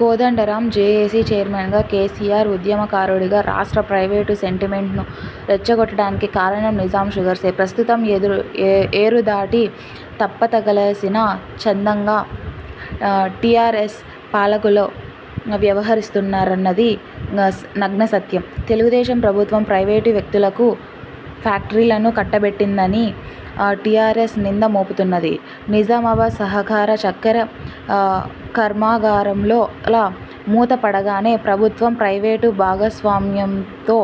Kodandaram JAC చైర్మన్గా, KCR ఉద్యమకారుడిగా రాష్ట్ర ప్రివేటుటు సెంటిమెంట్ను రెచ్చగొట్టడానికి కారణం నిజాం షుగర్సే. ప్రస్తుతం ఏరుదాటి తెప్పతగలేసిన చందంగా టీఆర్ఎస్ పాలకులు వ్యవహరిస్తున్నరన్నది నగ్న సత్యం. తెలుగుదేశం ప్రభుత్వం ప్రైవేటు వ్యక్తులకు ఫ్యాక్టరీలను కట్టబెట్టిందని టీఆర్ఎస్ నింద మోపుతున్నది. నిజామాబాద్ సహకార చక్కెర కర్మాగారంలా మూత పడగానే ప్రభుత్వం ప్రైవేటు భాగస్వామ్యంతో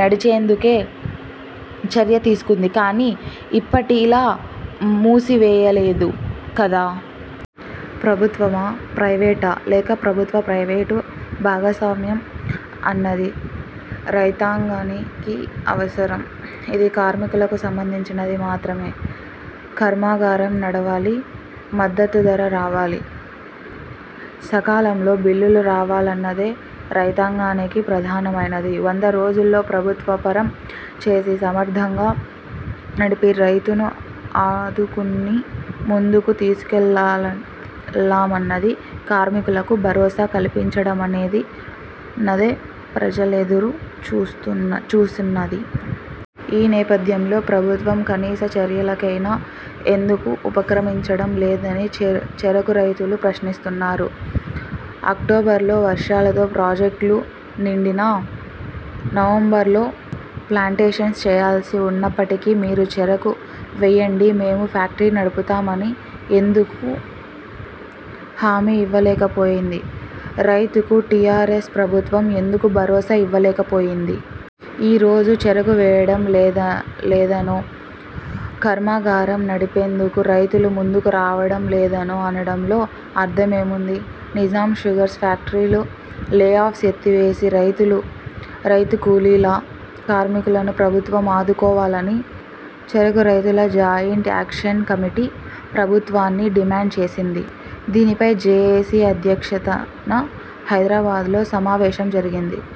నడిచేందుకే చర్య తీసుకుంది కానీ, ఇప్పటిలా మూసివేయలేదు కదా? ప్రభుత్వమా? ప్రైవేటా? లేక ప్రభుత్వ, ప్రైవేటు భాగస్వామ్యం అన్నది రైతాంగానికి అనవసరం. ఇది కార్మికులకు సంబంధించినది మాత్రమే. కర్మాగారం నడవాలి మద్దతు ధర రావాలి. సకాలంలో బిల్లులు రావాలన్నదే రైతాంగానికి ప్రధానమైనది. వంద రోజుల్లో ప్రభుత్వపరం చేసి సమర్థంగా నడిపి రైతును ఆదుకుని ముందుకు తీసుకెళ్లామన్నది కార్మికులకు భరోసా కల్పించడమన్నదే ప్రజలెదురు చుసునది. ఈ నేపథ్యంలో ప్రభుత్వం కనీస చర్యలకైనా ఎందుకు ఉపక్రమించడం లేదని చెరకు రైతులు ప్రశ్నిస్తున్నారు. అక్టోబరులో వర్షాలతో ప్రాజెక్టులు నిండినా నవంబరులో ప్లాంటేషన్స్ చేయాల్సి ఉన్నప్పటికీ మీరు చెరకు వేయండి మేము ఫ్యాక్టరీ నడుపుతామని ఎందుకు హామీ ఇవ్వలేకపోయింది. రైతుకు టీఆర్ఎస్ ప్రభుత్వం ఎందుకు భరోసా ఇవ్వలేక పోయింది? ఈ రోజు చెరకు వేయడం లేదనో, కర్మాగారం నడిపేందుకు రైతులు ముందుకు రావడం లేదనో అనడంలో అర్థమేముంది? నిజాం షుగర్స్ ఫ్యాక్టరీల లేఆఫ్ను ఎత్తివేసి రైతులు, రైతు కూలీల, కార్మికులను ప్రభుత్వం ఆదుకోవాలని చెరకు రైతుల జాయింట్ యాక్షన్ కమిటీ ప్రభుత్వాన్ని డిమాండ్ చేసింది. దీనిపై జేఏసీ అధ్యక్షతన హైదరాబాద్లో సమావేశం జరిగింది.